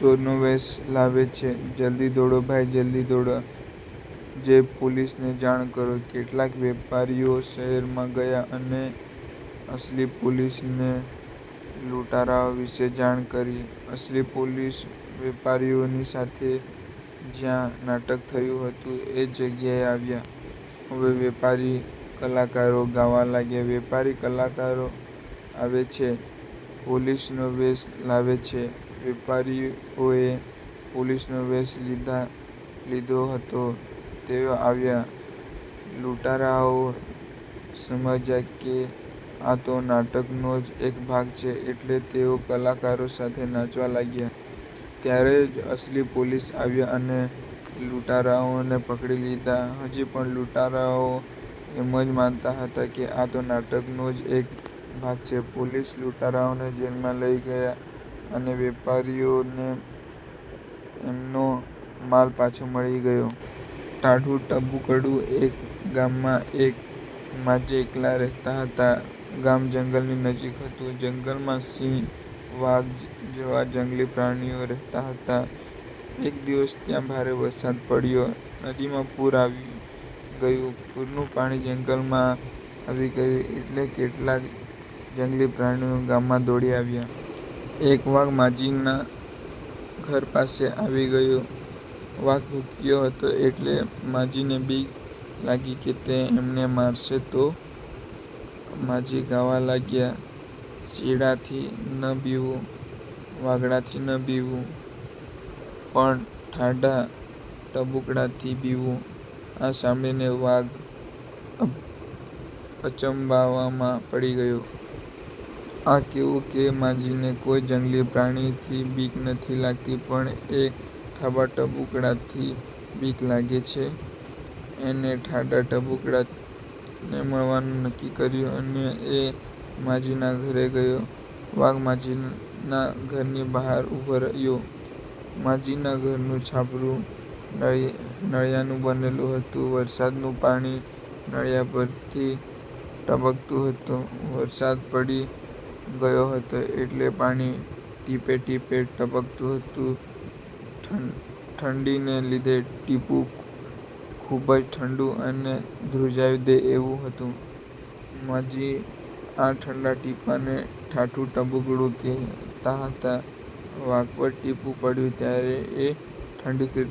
ચોરનો વેશ લાવે છે. જલ્દી દોડો ભાઈ જલ્દી દોડો, જઈ પોલીસને જાણ કરો". કેટલાક વેપારીઓ શહેરમાં ગયા અને અસલી પોલીસને લૂંટારાઓ વિષે જાણ કરી. અસલી પોલીસ વેપારીઓની સાથે જયાં નાટક થતું હતું એ જગ્યાએ આવ્યા. હવે વેપારી કલાકારો ગાવા લાગ્યા: "વેપારી કલાકાર આવે છે. પોલીસનો વેશ લાવે છે". વેપારીઓએ પોલીસનો વેશ લીધો હતો તેઓ આવ્યા. લૂંટારાઓ સમજ્યા કે આ તો નાટકનો જ એક ભાગ છે એટલે તેઓ કલાકારો સાથે નાચવા લાગ્યા. ત્યારે જ અસલી પોલીસ આવ્યા અને લૂંટારાઓને પકડી લીધા. હજી પણ લૂંટારાઓ એમ જ માનતા હતા કે આ તો નાટકનો જ એક ભાગ છે! પોલીસ લૂંટારાઓને જેલમાં લઇ ગયા અને વેપારીઓને એમનો માલ પાછો મળી ગયો. ટાઢું ટબુકડું એક ગામમાં એક માજી એકલાં રહેતાં હતાં. ગામ જંગલની નજીક હતું. જંગલમાં સિંહ, વાઘ જેવા જંગલી પ્રાણીઓ રહેતા હતા. એક દિવસ ત્યાં ભારે વરસાદ પડ્યો. નદીમાં પૂર આવી ગયું. પૂરનું પાણી જંગલમાં આવી ગયું એટલે કેટલાક જંગલી પ્રાણીઓ ગામમાં દોડી આવ્યા. એક વાઘ માજીના ઘર પાસે આવી ગયો. વાઘ ભૂખ્યો હતો એટલે માજીને બીક લાગીકે તે એમને મારશે તો? માજી ગાવા લાગ્યાં: સિંહડાથી ન બીવું, વાઘડાથી ન બીવું, પણ ટાઢા ટબુકડાથી બીવું". આ સાંભળીને વાઘ અચંબામાં પડી ગયો. આ કેવું કે માજીને કોઈ જંગલી પ્રાણીની બીક નથી લાગતી પણ એક ટાઢા ટબુકડાની બીક લાગે છે? એણે ટાઢા ટબુકડાને મળવાનું નક્કી કર્યું અને એ માજીના ઘરે ગયો. વાઘ માજીના ઘરની બહાર ઊભો રહ્યો. માજીના ઘરનું છાપરું નળિયાનું બનેલું હતું. વરસાદનું પાણી નળિયા પરથી ટપકતું હતું. વરસાદ રહી ગયો હતો એટલે પાણી ટીપે ટીપે ટપકતું હતું. ઠંડીને લીધે ટીપું ખુબ જ ઠંડુ અને ધ્રુજાવી દે એવું હતું. માજી આ ઠંડા ટીપાંને ટાઢું ટબુકડું કહેતાં હતાં. વાઘ પર ટીપું પડ્યું ત્યારે એ ઠંડીથી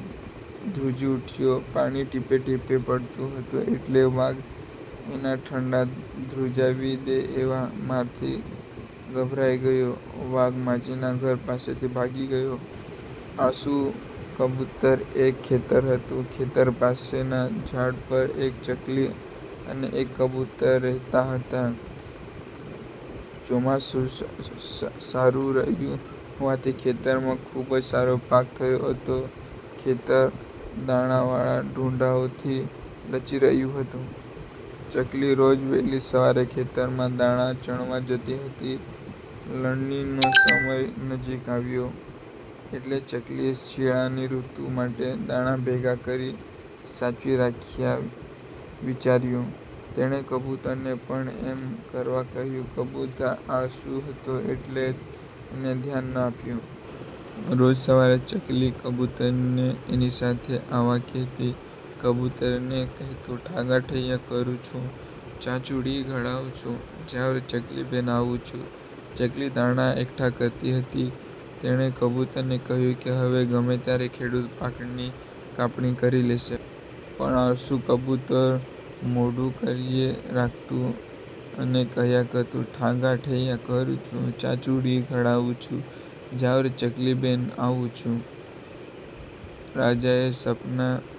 ધ્રુજી ગયો. પાણી ટીપે ટીપે પડતું હતું એટલે વાઘ એના ઠંડા, ધ્રુજાવી દે એવા મારથી ગભરાઈ ગયો. વાઘ માજીના ઘર પાસેથી ભાગી ગયો. આળસુ કબૂતર એક ખેતર હતું. ખેતર પાસેના ઝાડ પર એક ચકલી અને એક કબૂતર રહેતાં હતાં. ચોમાસું સારું રહ્યું હોવાથી ખેતરમાં ખુબ જ સારો પાક થયો હતો. ખેતર દાણા વાળા ડૂંડાઓથી લચી રહ્યું હતું. ચકલી રોજ વહેલી સવારે ખેતરમાં દાણા ચણવા જતી હતી. લણણી નો સમય નજીક આવ્યો એટલે ચકલીએ શિયાળાની ઋતુ માટે દાણા ભેગા કરી સાચવી રાખવા વિચાર્યું. તેણે કબૂતરને પણ એમ કરવા કહ્યું. કબૂતર આળસુ હતું એટલે એણે ધ્યાન ન આપ્યું. રોજ સવારે ચકલી કબૂતરને એની સાથે આવવા કહેતી હતી. કબૂતર એને કહેતું: "ઠાગા ઠૈયા કરું છું.. ચાંચુડી ઘડાવું છું... જાવ રે ચકલીબેન આવું છું.. " ચકલી દાણા એકઠા કરતી હતી. તેણે કબૂતરને કહ્યું કે હવે ગમે ત્યારે ખેડૂત પાકની કાપણી કરી લેશે. પણ આળસુ કબૂતર મોડું કર્યે રાખતું અને કહ્યા કરતું: "ઠાગા ઠૈયા કરું છું.. ચાંચુડી ઘડાવું છું... જાવ રે ચકલીબેન આવું છું.. " રાજાને સપનાએ બચાવ્યો!! એક રાજ્યમાં એક રાજા રાજ કરતો હતો. કેટલાક દુશ્મનોએ રાજાને મારવાનું કાવતરું કર્યું.